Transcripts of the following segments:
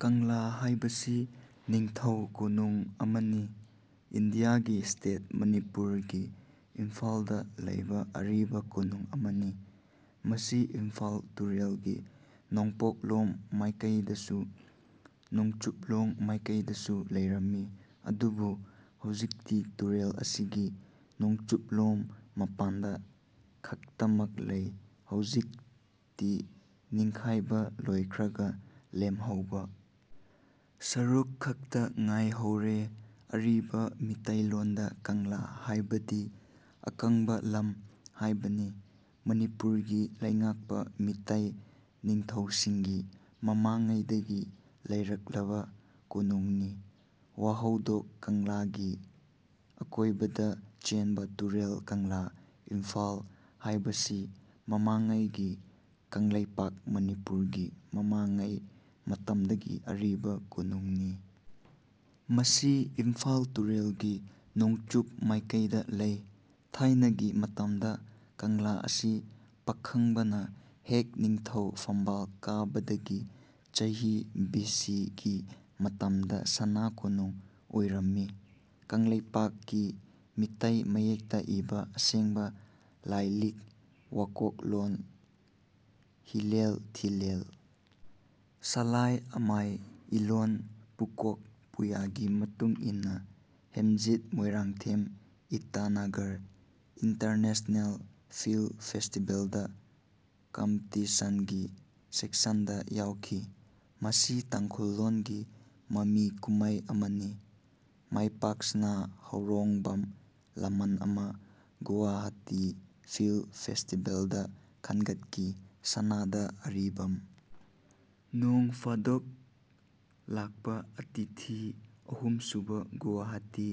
ꯀꯪꯂꯥ ꯍꯥꯏꯕꯁꯤ ꯅꯤꯡꯊꯧ ꯀꯣꯅꯨꯡ ꯑꯃꯅꯤ꯫ ꯏꯟꯗꯤꯌꯥꯒꯤ ꯁ꯭ꯇꯦꯠ ꯃꯅꯤꯄꯨꯔꯒꯤ ꯏꯝꯐꯥꯜꯗ ꯂꯩꯕ ꯑꯔꯤꯕꯥ ꯀꯣꯅꯨꯡ ꯑꯃꯅꯤ꯫ ꯃꯁꯤ ꯏꯝꯐꯥꯜ ꯇꯨꯔꯦꯜꯒꯤ ꯅꯣꯡꯄꯣꯛꯂꯣꯝ ꯃꯥꯏꯀꯩꯗꯁꯨ ꯅꯣꯡꯆꯨꯞꯂꯣꯝ ꯃꯥꯏꯀꯩꯗꯁꯨ ꯂꯩꯔꯝꯃꯤ꯫ ꯑꯗꯨꯕꯨ ꯍꯧꯖꯤꯛꯇꯤ ꯇꯨꯔꯦꯜ ꯑꯁꯤꯒꯤ ꯅꯣꯡꯆꯨꯞꯂꯣꯝ ꯃꯄꯥꯟꯗ ꯈꯛꯇꯃꯛ ꯂꯩ꯫ ꯍꯧꯖꯤꯛꯇꯤ ꯅꯤꯡꯈꯥꯏꯕ ꯂꯣꯏꯈ꯭ꯔꯒ ꯂꯦꯝꯍꯧꯕ ꯁꯔꯨꯛ ꯈꯛꯇ ꯉꯥꯏꯍꯧꯔꯦ꯫ ꯑꯔꯤꯕ ꯃꯤꯇꯩꯂꯣꯟꯗ ꯀꯪꯂꯥ ꯍꯥꯏꯕꯗꯤ ꯑꯀꯪꯕ ꯂꯝ ꯍꯥꯢꯕꯅꯤ꯫ ꯃꯅꯤꯄꯨꯔꯒꯤ ꯂꯩꯉꯥꯛꯄ ꯃꯤꯇꯩ ꯅꯤꯡꯊꯧꯁꯤꯡꯒꯤ ꯃꯃꯥꯡꯉꯩꯗꯒꯤ ꯂꯩꯔꯛꯂꯕ ꯀꯣꯅꯨꯡꯅꯤ꯫ ꯋꯥꯍꯧꯗꯣꯛ ꯀꯪꯂꯥꯒꯤ ꯑꯀꯣꯢꯕꯗ ꯆꯦꯟꯕ ꯇꯨꯔꯦꯜ ꯀꯪꯂꯥ(ꯏꯝꯐꯥꯜ) ꯍꯥꯏꯕꯁꯤ ꯃꯃꯥꯡꯉꯩ ꯒꯤ ꯀꯪꯂꯩꯄꯥꯛ(ꯃꯅꯤꯄꯨꯔ) ꯒꯤ ꯃꯃꯥꯡꯉꯩ ꯃꯇꯝꯗꯒꯤ ꯑꯔꯤꯕ ꯀꯣꯅꯨꯡ ꯅꯤ꯫ ꯃꯁꯤ ꯏꯝꯐꯥꯜ ꯇꯨꯔꯦꯜꯒꯤ ꯅꯣꯡꯆꯨꯞ ꯃꯥꯏꯀꯩꯗ ꯂꯩ꯫ ꯊꯥꯏꯅꯒꯤ ꯃꯇꯝꯗ 'ꯀꯪꯂꯥ' ꯑꯁꯤ ꯄꯥꯈꯪꯕꯅ ꯍꯦꯛ ꯅꯤꯡꯊꯧ ꯐꯝꯕꯥꯜ ꯀꯥꯕꯗꯒꯤ ꯆꯍꯤ ꯕꯤ ꯁꯤ ꯒꯤ ꯃꯇꯝꯗ ꯁꯅꯥ ꯀꯣꯅꯨꯡ ꯑꯣꯏꯔꯝꯃꯤ꯫ ꯀꯪꯂꯩꯄꯥꯛ ꯀꯤ ꯃꯤꯇꯩ ꯃꯌꯦꯛꯇ ꯏꯕ ꯑꯁꯦꯡꯕ ꯂꯥꯏꯂꯤꯛ ꯋꯥꯀꯣꯛꯂꯣꯟ ꯍꯤꯂꯦꯜ ꯊꯤꯂꯦꯜ ꯁꯂꯥꯏ ꯑꯃꯥꯏ ꯏꯂꯣꯟ ꯄꯨꯀꯣꯛ ꯄꯨꯌꯥꯒꯤ ꯃꯇꯨꯡ ꯏꯟꯅ꯫ ꯍꯦꯝꯖꯤꯠ ꯃꯣꯏꯔꯥꯡꯊꯦꯝ ꯏꯇꯥꯅꯒꯔ ꯏꯟꯇꯔꯅꯦꯁꯅꯦꯜ ꯐꯤꯜꯝ ꯐꯦꯁꯇꯤꯚꯦꯜꯗ ꯀꯝꯄꯤꯇꯤꯁꯟꯒꯤ ꯁꯦꯛꯁꯟꯗ ꯌꯥꯎꯈꯤ꯫ ꯃꯁꯤ ꯇꯥꯡꯈꯨꯜ ꯂꯣꯟꯒꯤ ꯃꯃꯤ ꯀꯨꯝꯃꯩ ꯑꯃꯅꯤ꯫ ꯃꯥꯏꯄꯥꯛꯁꯅꯥ ꯍꯥꯎꯔꯣꯡꯕꯝ 'ꯂꯃꯟ ꯑꯃꯥ' ꯒꯨꯋꯥꯍꯥꯇꯤ ꯐꯤꯜꯝ ꯐꯦꯁꯇꯤꯚꯦꯜ ꯗ ꯈꯟꯒꯠꯈꯤ꯫ ꯁꯅꯗ ꯑꯔꯤꯕꯝ 'ꯅꯣꯡꯐꯥꯗꯣꯛ ꯂꯥꯛꯄ ꯑꯇꯤꯊꯤ' ꯑꯍꯨꯝ ꯁꯨꯕ ꯒꯨꯋꯥꯍꯥꯇꯤ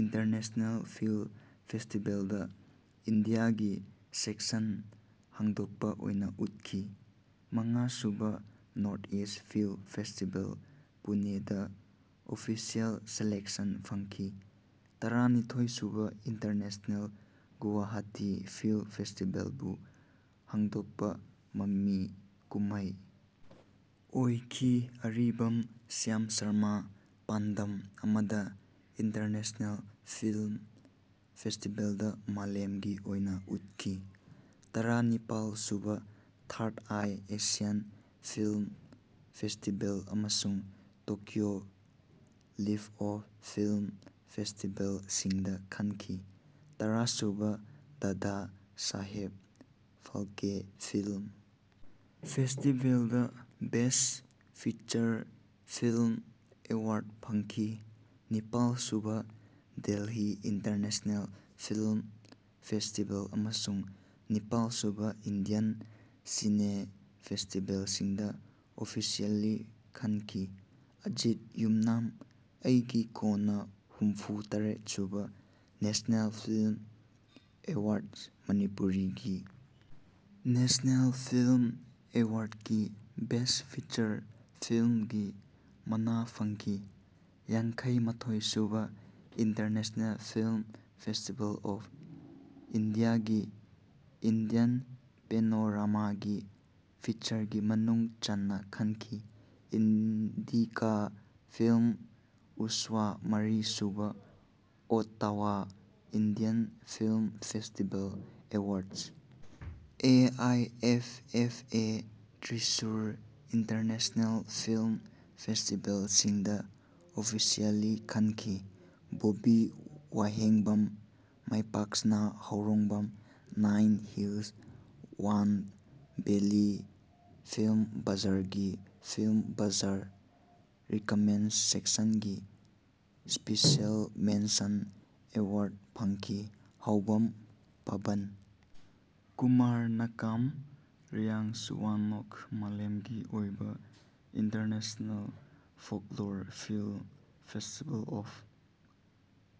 ꯏꯟꯇꯔꯅꯦꯁꯅꯦꯜ ꯐꯤꯜꯝ ꯐꯦꯁꯇꯤꯚꯦꯜꯗ ꯏꯟꯗꯤꯌꯥꯒꯤ ꯁꯦꯛꯁꯟ ꯍꯥꯡꯗꯣꯛꯄ ꯑꯣꯏꯅ ꯎꯠꯈꯤ꯫ ꯃꯉꯥ ꯁꯨꯕ ꯅꯣꯔ꯭ꯊ-ꯏꯁ꯭ꯇ ꯐꯤꯜꯝ ꯐꯦꯁꯇꯤꯚꯦꯜ ꯄꯨꯅꯦꯗ ꯑꯣꯐꯤꯁꯤꯌꯦꯜ ꯁꯦꯂꯦꯛꯁꯟ ꯐꯪꯈꯤ꯫ ꯇꯔꯥꯅꯤꯊꯣꯏ ꯁꯨꯕ ꯏꯟꯇꯔꯅꯦꯁꯅꯦꯜ ꯒꯨꯋꯥꯍꯥꯇꯤ ꯐꯤꯜꯝ ꯐꯦꯁꯇꯤꯚꯦꯜ ꯕꯨ ꯍꯥꯡꯗꯣꯛꯄ ꯃꯃꯤ ꯀꯨꯃꯃꯩ ꯑꯣꯏꯈꯤ꯫ ꯑꯔꯤꯕꯝ ꯁ꯭ꯌꯥꯝ ꯁꯔꯃ 'ꯄꯥꯟꯗꯝ ꯑꯃꯗ' ꯏꯟꯇꯔꯅꯦꯁꯅꯦꯜ ꯐꯤꯜꯝ ꯐꯦꯁꯇꯤꯚꯦꯜꯗ ꯃꯥꯂꯦꯝꯒꯤ ꯑꯣꯏꯅ ꯎꯠꯈꯤ꯫ ꯇꯔꯥ ꯅꯤꯄꯥꯜ ꯁꯨꯕ third eye Asian film festival ꯑꯃꯁꯨꯡ ꯇꯣꯀꯤꯌꯣ ꯂꯤꯐ꯭ꯇ-ꯑꯣꯐ ꯐꯤꯜ꯭ꯝ ꯐꯦꯁꯇꯤꯚꯦꯜ ꯁꯤꯡꯗ ꯈꯟꯈꯤ꯫ ꯇꯔꯥ ꯁꯨꯕ 'ꯗꯥꯗꯥ ꯁꯥꯍꯦꯕ' ꯐꯥꯜꯀꯦ ꯐꯤꯜꯝ ꯐꯦꯁꯇꯤꯚꯦꯜꯗ ꯕꯦꯁ꯭ꯇ ꯐꯤꯆꯔ ꯐꯤꯜꯝ ꯑꯦꯋꯥꯔ꯭ꯗ ꯐꯪꯈꯤ꯫ ꯅꯤꯄꯥꯜ ꯁꯨꯕ ꯗꯦꯜꯍꯤ ꯏꯟꯇꯔꯅꯦꯁꯅꯦꯜ ꯐꯤꯜꯝ ꯐꯦꯁꯇꯤꯚꯦꯜ ꯑꯃꯁꯨꯡ ꯅꯤꯄꯥꯜ ꯁꯨꯕ ꯏꯟꯗꯤꯌꯟ ꯁꯤꯅꯦ ꯐꯦꯁꯇꯤꯚꯦꯜ ꯁꯤꯡꯗ ꯑꯣꯐꯤꯁꯤꯌꯦꯜꯂꯤ ꯈꯟꯈꯤ꯫ ꯑꯖꯤꯠ ꯌꯨꯝꯅꯥꯝ 'ꯑꯩꯒꯤ ꯀꯣꯟꯅ' ꯍꯨꯝꯐꯨ - ꯇꯔꯦꯠ ꯁꯨꯕ ꯅꯦꯁꯅꯦꯜ ꯐꯤꯜꯝ ꯑꯦꯋꯥꯔ꯭ꯗ꯭ꯁꯇ ꯃꯅꯤꯄꯨꯔꯤꯒꯤ ꯅꯦꯁꯅꯦꯜ ꯐꯤꯜꯝ ꯑꯦꯋꯥꯔ꯭ꯗꯀꯤ ꯕꯦꯁ꯭ꯇ ꯐꯤꯆꯔ ꯐꯤꯜꯝꯒꯤ ꯃꯅꯥ ꯐꯪꯈꯤ꯫ ꯌꯥꯡꯈꯩ - ꯃꯥꯊꯣꯏ ꯁꯨꯕ ꯏꯟꯇꯔꯅꯦꯁꯅꯦꯜ ꯐꯤꯜꯝ ꯐꯦꯁꯇꯤꯚꯦꯜ ꯑꯣꯐ ꯏꯟꯗꯤꯌꯥꯒꯤ (ꯏꯟꯗꯤꯌꯟ ꯄꯦꯅꯣꯔꯥꯃꯥꯒꯤ) ꯐꯤꯆꯔꯒꯤ ꯃꯅꯨꯡ ꯆꯟꯅ ꯈꯟꯈꯤ꯫ ꯏꯟꯗꯤꯀꯥ ꯐꯤꯜꯝ ꯎꯠꯁ꯭ꯋ ꯃꯔꯤ ꯁꯨꯕ Ottawa Indian film festival awards (O I F F A) Thrissur international film festival ꯁꯤꯡꯗ ꯑꯣꯐꯤꯁꯤꯌꯦꯜꯂꯤ ꯈꯟꯈꯤ꯫ ꯕꯣꯕꯕꯤ ꯋꯥꯍꯦꯡꯕꯝ, ꯃꯥꯏꯄꯥꯛꯁꯅꯥ ꯍꯥꯎꯔꯣꯡꯕꯝ, nine hills one valley film ꯕꯖꯥꯔ ꯒꯤ ꯐꯤꯜꯝ ꯕꯖꯥꯔ ꯔꯤꯀꯃꯦꯟ꯭ꯗ꯭ꯁ ꯁꯦꯛꯁꯟꯒꯤ ꯁ꯭ꯄꯤꯁꯤꯑꯦꯜ ꯃꯦꯟꯁꯟ ꯑꯦꯋꯥꯔ꯭ꯗ ꯐꯪꯈꯤ꯫ ꯍꯥꯎꯕꯝ ꯄꯕꯟ ꯀꯨꯃꯥꯔ ꯅꯥꯀꯥꯝꯍ-ꯔꯤꯑꯥꯡꯁꯨꯋꯥꯟꯅꯩꯛ ꯃꯥꯂꯦꯝꯒꯤ ꯑꯣꯏꯕ international folklore film festival of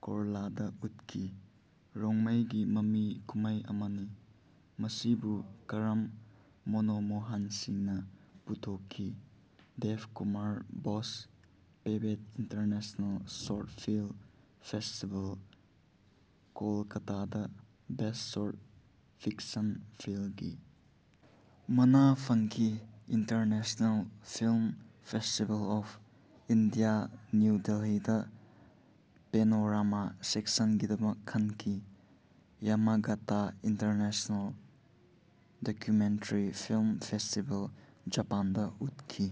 Kerala ꯗ ꯎꯠꯈꯤ꯫ꯔꯣꯡꯃꯩꯒꯤ ꯃꯃꯤ ꯀꯨꯝꯃꯩ ꯑꯃꯅꯤ꯫ ꯃꯁꯤꯕꯨ ꯀꯔꯥꯝ ꯃꯣꯅꯣꯃꯣꯍꯟ ꯁꯤꯡ ꯅ ꯄꯨꯊꯣꯛꯈꯤ꯫ Debkumar Bose Pebet international short film festival ꯀꯣꯜꯀꯥꯇꯗ ꯕꯦꯁ꯭ꯇ ꯁꯣꯔ꯭ꯇ ꯐꯤꯛꯁꯟ ꯐꯤꯜꯝꯒꯤ ꯃꯅꯥ ꯐꯪꯈꯤ꯫ International film festival of India, new ꯗꯦꯜꯍꯤꯗ ꯄꯦꯅꯣꯔꯥꯃꯥ ꯁꯦꯛꯁꯟꯒꯤꯗꯃꯛ ꯈꯟꯈꯤ꯫ ꯌꯥꯃꯥꯒꯥꯇꯥ ꯏꯟꯇꯔꯅꯦꯁꯅꯦꯜ ꯗꯣꯛ꯭ꯌꯨꯃꯦꯟꯇꯔꯤ ꯐꯤꯜ꯭ꯃ ꯐꯦꯁꯇꯤꯚꯦꯜ, ꯖꯥꯄꯥꯟꯗ ꯎꯠꯈꯤ꯫